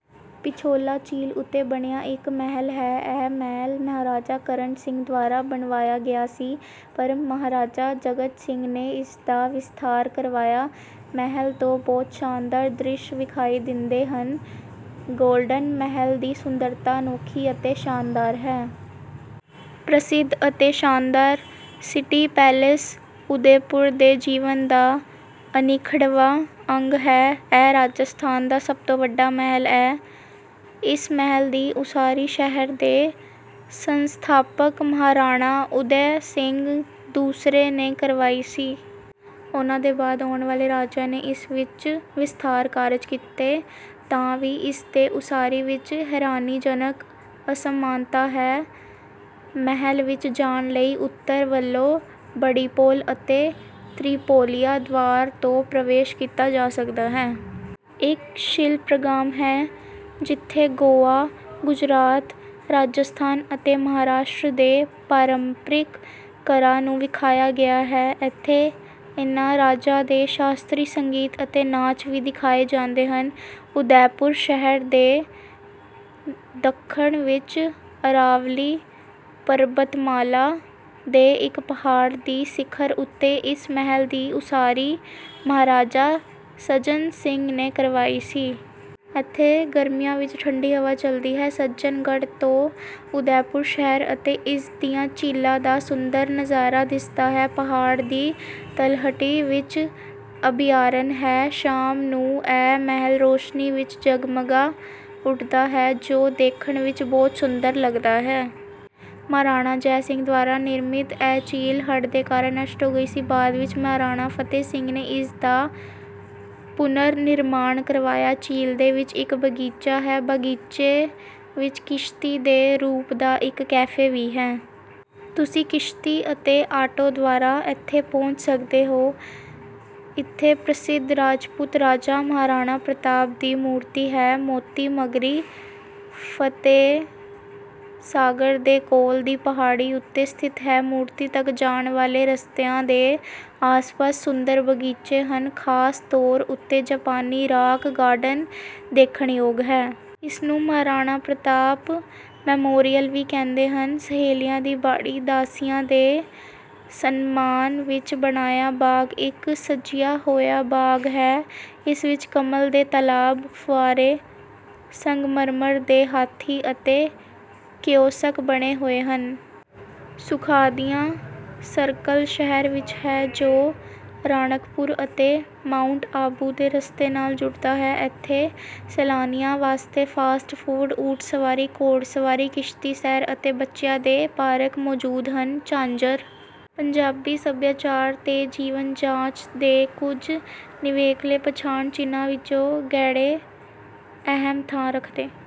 ਪਿਛੋਲਾ ਝੀਲ ਉੱਤੇ ਬਣਿਆ ਇੱਕ ਮਹਿਲ ਹੈ। ਇਹ ਮਹਲ ਮਹਾਰਾਜਾ ਕਰਣ ਸਿੰਘ ਦੁਆਰਾ ਬਣਵਾਇਆ ਗਿਆ ਸੀ, ਪਰ ਮਹਾਰਾਜਾ ਜਗਤ ਸਿੰਘ ਨੇ ਇਸ ਦਾ ਵਿਸਥਾਰ ਕਰਵਾਇਆ। ਮਹਲ ਤੋਂ ਬਹੁਤ ਸ਼ਾਨਦਾਰ ਦ੍ਰਿਸ਼ ਵਿਖਾਈ ਦਿੰਦੇ ਹਨ, ਗੋਲਡਨ ਮਹਲ ਦੀ ਸੁੰਦਰਤਾ ਅਨੋਖੀ ਅਤੇ ਸ਼ਾਨਦਾਰ ਹੈ। ਪ੍ਰਸਿੱਧ ਅਤੇ ਸ਼ਾਨਦਾਰ ਸਿਟੀ ਪੈਲੇਸ ਉਦੈਪੁਰ ਦੇ ਜੀਵਨ ਦਾ ਅਨਿੱਖੜਵਾਂ ਅੰਗ ਹੈ। ਇਹ ਰਾਜਸਥਾਨ ਦਾ ਸਭ ਤੋਂ ਵੱਡਾ ਮਹਲ ਹੈ। ਇਸ ਮਹਲ ਦੀ ਉਸਾਰੀ ਸ਼ਹਿਰ ਦੇ ਸੰਸਥਾਪਕ ਮਹਾਰਾਣਾ ਉਦੈ ਸਿੰਘ ਦੂਸਰੇ ਨੇ ਕਰਵਾਈ ਸੀ। ਉਨ੍ਹਾਂ ਦੇ ਬਾਅਦ ਆਉਣ ਵਾਲੇ ਰਾਜਿਆਂ ਨੇ ਇਸ ਵਿੱਚ ਵਿਸਥਾਰ ਕਾਰਜ ਕੀਤੇ। ਤਾਂ ਵੀ ਇਸ ਦੇ ਉਸਾਰੀ ਵਿੱਚ ਹੈਰਾਨੀਜਨਕ ਅਸਮਾਨਤਾ ਹੈ। ਮਹਲ ਵਿੱਚ ਜਾਣ ਲਈ ਉੱਤਰ ਵੱਲੋਂ ਬੜੀਪੋਲ ਅਤੇ ਤਰਿਪੋਲਿਆ ਦੁਆਰ ਤੋਂ ਪ੍ਰਵੇਸ਼ ਕੀਤਾ ਜਾ ਸਕਦਾ ਹੈ। ਇੱਕ ਸ਼ਿਲਪਗ੍ਰਾਮ ਹੈ, ਜਿੱਥੇ ਗੋਆ, ਗੁਜਰਾਤ, ਰਾਜਸਥਾਨ ਅਤੇ ਮਹਾਰਾਸ਼ਟਰ ਦੇ ਪਾਰੰਪਰਿਕ ਘਰਾਂ ਨੂੰ ਵਿਖਾਇਆ ਗਿਆ ਹੈ। ਇੱਥੇ ਇਨ੍ਹਾਂ ਰਾਜਾਂ ਦੇ ਸ਼ਾਸਤਰੀ ਸੰਗੀਤ ਅਤੇ ਨਾਚ ਵੀ ਦਿਖਾਏ ਜਾਂਦੇ ਹਨ। ਉਦੈਪੁਰ ਸ਼ਹਿਰ ਦੇ ਦੱਖਣ ਵਿੱਚ ਅਰਾਵਲੀ ਪਰਬਤਮਾਲਾ ਦੇ ਇੱਕ ਪਹਾੜ ਦੀ ਸਿਖਰ ਉੱਤੇ ਇਸ ਮਹਲ ਦੀ ਉਸਾਰੀ ਮਹਾਰਾਜਾ ਸੱਜਨ ਸਿੰਘ ਨੇ ਕਰਵਾਈ ਸੀ। ਇੱਥੇ ਗਰਮੀਆਂ ਵਿੱਚ ਠੰਡੀ ਹਵਾ ਚੱਲਦੀ ਹੈ। ਸੱਜਨਗੜ੍ਹ ਤੋਂ ਉਦੈਪੁਰ ਸ਼ਹਿਰ ਅਤੇ ਇਸ ਦੀਆਂ ਝੀਲਾਂ ਦਾ ਸੁੰਦਰ ਨਜ਼ਾਰਾ ਦਿਸਦਾ ਹੈ। ਪਹਾੜ ਦੀ ਤਲਹਟੀ ਵਿੱਚ ਅਭਿਆਰਨ ਹੈ। ਸ਼ਾਮ ਨੂੰ ਇਹ ਮਹਿਲ ਰੋਸ਼ਨੀ ਵਿੱਚ ਜਗਮਗਾ ਉੱਠਦਾ ਹੈ, ਜੋ ਦੇਖਣ ਵਿੱਚ ਬਹੁਤ ਸੁੰਦਰ ਲਗਦਾ ਹੈ। ਮਹਾਰਾਣਾ ਜੈ ਸਿੰਘ ਦੁਆਰਾ ਨਿਰਮਿਤ ਇਹ ਝੀਲ ਹੜ੍ਹ ਦੇ ਕਾਰਨ ਨਸ਼ਟ ਹੋ ਗਈ ਸੀ, ਬਾਅਦ ਵਿੱਚ ਮਹਾਰਾਣਾ ਫਤੇਹ ਸਿੰਘ ਨੇ ਇਸ ਦਾ ਪੁਨਰਨਿਰਮਾਣ ਕਰਵਾਇਆ। ਝੀਲ ਦੇ ਵਿੱਚ ਇੱਕ ਬਾਗੀਚਾ ਹੈ। ਬਾਗੀਚੇ ਵਿੱਚ ਕਿਸ਼ਤੀ ਦੇ ਰੂਪ ਦਾ ਇੱਕ ਕੈਫੇ ਵੀ ਹੈ। ਤੁਸੀਂ ਕਿਸ਼ਤੀ ਅਤੇ ਆਟੋ ਦੁਆਰਾ ਇੱਥੇ ਪਹੁੰਚ ਸਕਦੇ ਹੋ। ਇੱਥੇ ਪ੍ਰਸਿੱਧ ਰਾਜਪੂਤ ਰਾਜਾ ਮਹਾਰਾਣਾ ਪ੍ਰਤਾਪ ਦੀ ਮੂਰਤੀ ਹੈ। ਮੋਤੀ ਮਗਰੀ ਫਤੇਹਸਾਗਰ ਦੇ ਕੋਲ ਦੀ ਪਹਾੜੀ ਉੱਤੇ ਸਥਿਤ ਹੈ। ਮੂਰਤੀ ਤੱਕ ਜਾਣ ਵਾਲੇ ਰਸਤਿਆਂ ਦੇ ਆਸਪਾਸ ਸੁੰਦਰ ਬਗੀਚੇ ਹਨ, ਖਾਸ ਤੌਰ ਉੱਤੇ ਜਾਪਾਨੀ ਰਾਕ ਗਾਰਡਨ ਦੇਖਣਯੋਗ ਹੈ। ਇਸਨੂੰ ਮਹਾਰਾਣਾ ਪ੍ਰਤਾਪ ਮੈਮੋਰੀਅਲ ਵੀ ਕਹਿੰਦੇ ਹਨ। ਸਹੇਲੀਆਂ ਦੀ ਬਾੜੀ ਦਾਸੀਆਂ ਦੇ ਸਨਮਾਨ ਵਿੱਚ ਬਣਾਇਆ ਬਾਗ ਇੱਕ ਸਜਿਆ ਹੋਇਆ ਬਾਗ ਹੈ। ਇਸ ਵਿੱਚ ਕਮਲ ਦੇ ਤਾਲਾਬ, ਫੁੱਵਾਰੇ, ਸੰਗਮਰਮਰ ਦੇ ਹਾਥੀ ਅਤੇ ਕਿਓਸਕ ਬਣੇ ਹੋਏ ਹਨ। ਸੁਖਾਦੀਆ ਸਰਕਲ ਸ਼ਹਿਰ ਵਿੱਚ ਹੈ, ਜੋ ਰਾਣਕਪੁਰ ਅਤੇ ਮਾਉਂਟ ਆਬੂ ਦੇ ਰਸਤੇ ਨਾਲ ਜੁੜਦਾ ਹੈ। ਇੱਥੇ ਸੈਲਾਨੀਆਂ ਵਾਸਤੇ ਫਾਸਟ ਫੂਡ, ਊਠ ਸਵਾਰੀ, ਘੋੜ ਸਵਾਰੀ, ਕਿਸ਼ਤੀ ਸੈਰ ਅਤੇ ਬੱਚਿਆਂ ਦੇ ਪਾਰਕ ਮੌਜੂਦ ਹਨ। ਝਾਂਜਰ ਪੰਜਾਬੀ ਸੱਭਿਆਚਾਰ ਤੇ ਜੀਵਨ ਜਾਚ ਦੇ ਕੁਝ ਨਿਵੇਕਲੇ ਪਛਾਣ ਚਿੰਨ੍ਹਾਂ ਵਿੱਚੋਂ ਗਹਿਣੇ ਅਹਿਮ ਥਾਂ ਰੱਖਦੇ